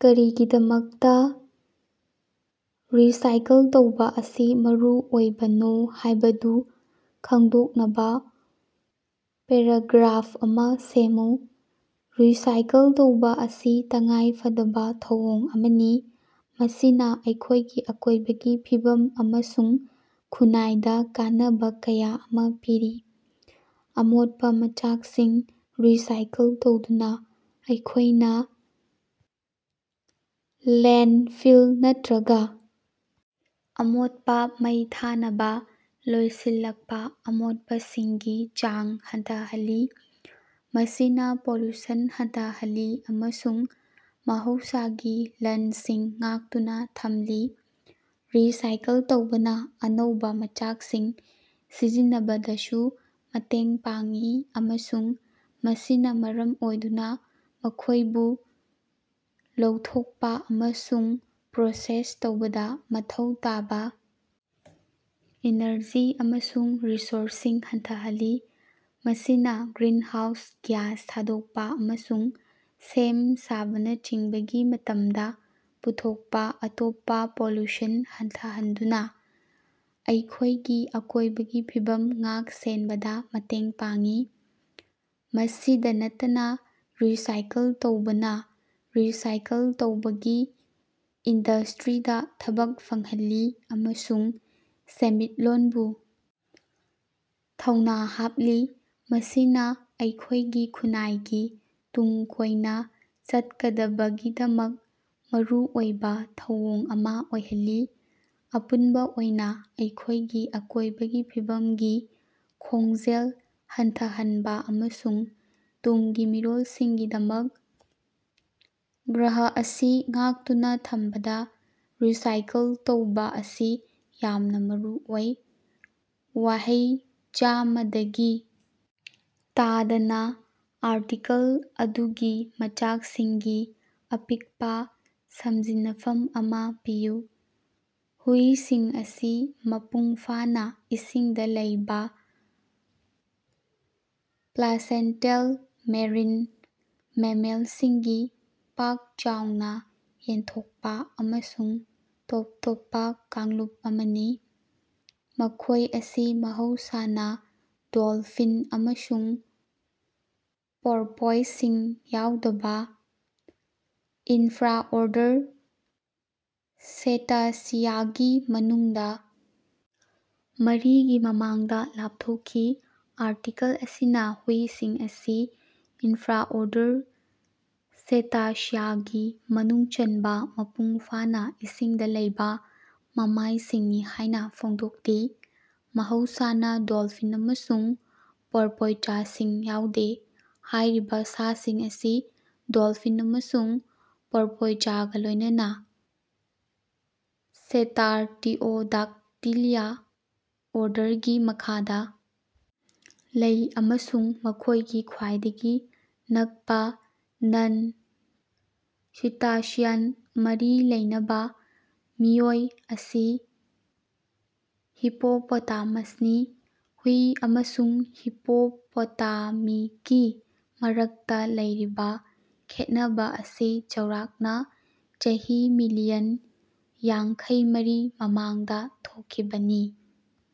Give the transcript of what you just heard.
ꯀꯔꯤꯒꯤꯗꯃꯛꯇꯥ ꯔꯤꯁꯥꯏꯀꯜ ꯇꯧꯕꯥ ꯑꯁꯤ ꯃꯔꯨꯑꯣꯏꯕꯅꯣ ꯍꯥꯢꯕꯗꯨ ꯈꯪꯗꯣꯛꯅꯕ ꯄꯦꯔꯥꯒ꯭ꯔꯥꯐ ꯑꯃ ꯁꯦꯝꯃꯨ꯫ ꯔꯤꯁꯥꯏꯀꯜ ꯇꯧꯕꯥ ꯑꯁꯤ ꯇꯉꯥꯏꯐꯗꯕ ꯊꯧꯑꯣꯡ ꯑꯃꯅꯤ ꯃꯁꯤꯅ ꯑꯩꯈꯣꯢꯒꯤ ꯑꯀꯣꯢꯕꯒꯤ ꯐꯤꯕꯝ ꯑꯃꯁꯨꯡ ꯈꯨꯟꯅꯥꯏꯗ ꯀꯥꯟꯅꯕ ꯀꯌꯥ ꯑꯃ ꯄꯤꯔꯤ꯫ ꯑꯃꯣꯠꯄ ꯃꯆꯥꯛꯁꯤꯡ ꯔꯤꯁꯥꯏꯀꯜ ꯇꯧꯗꯨꯅ ꯑꯩꯈꯣꯢꯅ ꯂꯦꯟꯗꯐꯤꯜ ꯅꯠꯇ꯭ꯔꯒ ꯑꯃꯣꯠꯄ ꯃꯩ ꯊꯥꯅꯕ ꯂꯣꯏꯁꯤꯜꯂꯛꯄ ꯑꯃꯣꯠꯄꯁꯤꯡꯒꯤ ꯆꯥꯡ ꯍꯟꯊꯍꯜꯂꯤ ꯃꯁꯤꯅ ꯄꯣꯂꯨꯁꯟ ꯍꯟꯊꯍꯜꯂꯤ ꯑꯃꯁꯨꯡ ꯃꯍꯧꯁꯥꯒꯤ ꯂꯟꯁꯤꯡ ꯉꯥꯛꯇꯨꯅ ꯊꯝꯂꯤ꯫ ꯔꯤꯁꯥꯏꯀꯜ ꯇꯧꯕꯅ ꯑꯅꯧꯕ ꯃꯆꯥꯛꯁꯤꯡ ꯁꯤꯖꯤꯟꯅꯕꯗꯁꯨ ꯃꯇꯦꯡ ꯄꯥꯡꯏ ꯑꯃꯁꯨꯡ ꯃꯁꯤꯅ ꯃꯔꯝ ꯑꯣꯏꯗꯨꯅ ꯃꯈꯣꯢꯕꯨ ꯂꯧꯊꯣꯛꯄ ꯑꯃꯁꯨꯡ ꯄ꯭ꯔꯣꯁꯦꯁ ꯇꯧꯕꯗ ꯃꯊꯧ ꯇꯥꯕ ꯏꯅꯔꯖꯤ ꯑꯃꯁꯨꯡ ꯔꯤꯁꯣꯔꯁꯁꯤꯡ ꯍꯟꯊꯍꯜꯂꯤ꯫ ꯃꯁꯤꯅ ꯒ꯭ꯔꯤꯟꯍꯥꯎꯁ ꯒ꯭ꯌꯥꯁ ꯊꯥꯗꯣꯛꯄ ꯑꯃꯁꯨꯡ ꯁꯦꯝ ꯁꯥꯕꯅꯆꯤꯡꯕꯒꯤ ꯃꯇꯝꯗ ꯄꯨꯊꯣꯛꯄ ꯑꯇꯣꯞꯄ ꯄꯣꯂꯨꯁꯟ ꯍꯟꯊꯍꯟꯗꯨꯅ ꯑꯩꯈꯣꯢꯒꯤ ꯑꯀꯣꯢꯕꯒꯤ ꯐꯤꯕꯝ ꯉꯥꯛ-ꯁꯦꯟꯕꯗ ꯃꯇꯦꯡ ꯄꯥꯡꯏ꯫ ꯃꯁꯤꯗ ꯅꯠꯇꯅ ꯔꯤꯁꯥꯏꯀꯜ ꯇꯧꯕꯅ ꯔꯤꯁꯥꯏꯀꯜ ꯇꯧꯕꯒꯤ ꯏꯟꯗꯁꯇ꯭ꯔꯤꯗ ꯊꯕꯛ ꯐꯪꯍꯜꯂꯤ ꯑꯃꯁꯨꯡ ꯁꯦꯟꯃꯤꯠꯂꯣꯟꯕꯨ ꯊꯧꯅꯥ ꯍꯥꯞꯂꯤ ꯃꯁꯤꯅ ꯑꯩꯈꯣꯢꯒꯤ ꯈꯨꯟꯅꯥꯏꯒꯤ ꯇꯨꯡ ꯀꯣꯏꯅ ꯆꯠꯀꯗꯕꯒꯤꯗꯃꯛ ꯃꯔꯨꯑꯣꯏꯕ ꯊꯧꯑꯣꯡ ꯑꯃ ꯑꯣꯏꯍꯜꯂꯤ꯫ ꯑꯄꯨꯟꯕ ꯑꯣꯏꯅ ꯑꯩꯈꯣꯢꯒꯤ ꯑꯀꯣꯢꯕꯒꯤ ꯐꯤꯕꯝꯒꯤ ꯈꯣꯡꯖꯦꯜ ꯍꯟꯊꯍꯟꯕ ꯑꯃꯁꯨꯡ ꯇꯨꯡꯒꯤ ꯃꯤꯔꯣꯜꯁꯤꯡꯒꯤꯗꯃꯛ ꯒ꯭ꯔꯍ ꯑꯁꯤ ꯉꯥꯛꯇꯨꯅ ꯊꯝꯕꯗ ꯔꯤꯁꯥꯏꯀꯜ ꯇꯧꯕ ꯑꯁꯤ ꯌꯥꯝꯅ ꯃꯔꯨꯑꯣꯏ꯫ ꯋꯥꯍꯩ ꯆꯥꯝꯃꯗꯒꯤ ꯇꯥꯗꯅ ꯑꯥꯔꯇꯤꯀꯜ ꯑꯗꯨꯒꯤ ꯃꯆꯥꯛꯁꯤꯡꯒꯤ ꯑꯄꯤꯛꯄ ꯁꯝꯖꯤꯟꯅꯐꯝ ꯑꯃ ꯄꯤꯌꯨ꯫ ꯍꯨꯏꯁꯤꯡ ꯑꯁꯤ ꯃꯄꯨꯡꯐꯥꯅ ꯏꯁꯤꯡꯗ ꯂꯩꯕ ꯄ꯭ꯂꯥꯁꯦꯟꯇꯦꯜ ꯃꯦꯔꯤꯟ ꯃꯦꯃꯦꯜꯁꯤꯡꯒꯤ ꯄꯥꯛ-ꯆꯥꯎꯅ ꯌꯦꯟꯊꯣꯛꯄ ꯑꯃꯁꯨꯡ ꯇꯣꯞ ꯇꯣꯞꯄ ꯀꯥꯡꯂꯨꯞ ꯑꯃꯅꯤ꯫ ꯃꯈꯣꯢ ꯑꯁꯤ ꯃꯍꯧꯁꯥꯅ ꯗꯣꯜꯐꯤꯟ ꯑꯃꯁꯨꯡ ꯄꯣꯔꯄꯣꯏꯖꯁꯤꯡ ꯌꯥꯎꯗꯕ ꯏꯟꯐ꯭ꯔꯥꯑꯣꯔꯗꯔ ꯁꯦꯇꯥꯁꯤꯌꯥꯒꯤ ꯃꯅꯨꯡꯗ ꯃꯔꯤꯒꯤ ꯃꯃꯥꯡꯗ ꯂꯥꯞꯊꯣꯛꯈꯤ꯫ ꯑꯥꯔꯇꯤꯀꯜ ꯑꯁꯤꯅ ꯍꯨꯏꯁꯤꯡ ꯑꯁꯤ ꯏꯟꯐ꯭ꯔꯥꯑꯣꯔꯗꯔ ꯁꯦꯇꯥꯁꯤꯌꯥꯒꯤ ꯃꯅꯨꯡ ꯆꯟꯕ ꯃꯄꯨꯡ ꯐꯥꯅ ꯏꯁꯤꯡꯗ ꯂꯩꯕ ꯃꯃꯥꯢꯁꯤꯡꯅꯤ ꯍꯥꯢꯅ ꯐꯣꯡꯗꯣꯛꯂꯤ ꯃꯍꯧꯁꯥꯅ ꯗꯣꯜꯐꯤꯟ ꯑꯃꯁꯨꯡ ꯄꯣꯔꯄꯣꯏꯖꯁꯤꯡ ꯌꯥꯎꯗꯦ꯫ ꯍꯥꯢꯔꯤꯕ ꯁꯥꯁꯤꯡ ꯑꯁꯤ ꯗꯣꯜꯐꯤꯟ ꯑꯃꯁꯨꯡ ꯄꯣꯔꯄꯣꯏꯖꯒ ꯂꯣꯢꯅꯅꯥ ꯁꯦꯇꯥꯔꯇꯤꯑꯣꯗꯥꯛꯇꯤꯂꯥ ꯑꯣꯔꯗꯔꯒꯤ ꯃꯈꯥꯗ ꯂꯩ ꯑꯃꯁꯨꯡ ꯃꯈꯣꯢꯒꯤ ꯈ꯭ꯋꯥꯏꯗꯒꯤ ꯅꯛꯄꯥ ꯅꯟ-ꯁꯤꯇꯥꯁꯤꯌꯟ ꯃꯔꯤ ꯂꯩꯅꯕ ꯃꯤꯑꯣꯏ ꯑꯁꯤ ꯍꯤꯄꯣꯄꯣꯇꯥꯃꯁꯅꯤ꯫ ꯍꯨꯏ ꯑꯃꯁꯨꯡ ꯍꯤꯄꯣꯄꯣꯇꯥꯃꯤꯒꯤ ꯃꯔꯛꯇ ꯂꯩꯔꯤꯕ ꯈꯦꯠꯅꯕ ꯑꯁꯤ ꯆꯥꯎꯔꯥꯛꯅ ꯆꯍꯤ ꯃꯤꯂꯤꯌꯟ ꯌꯥꯡꯈꯩꯃꯔꯤ ꯃꯃꯥꯡꯗ ꯊꯣꯛꯈꯤꯕꯅꯤ꯫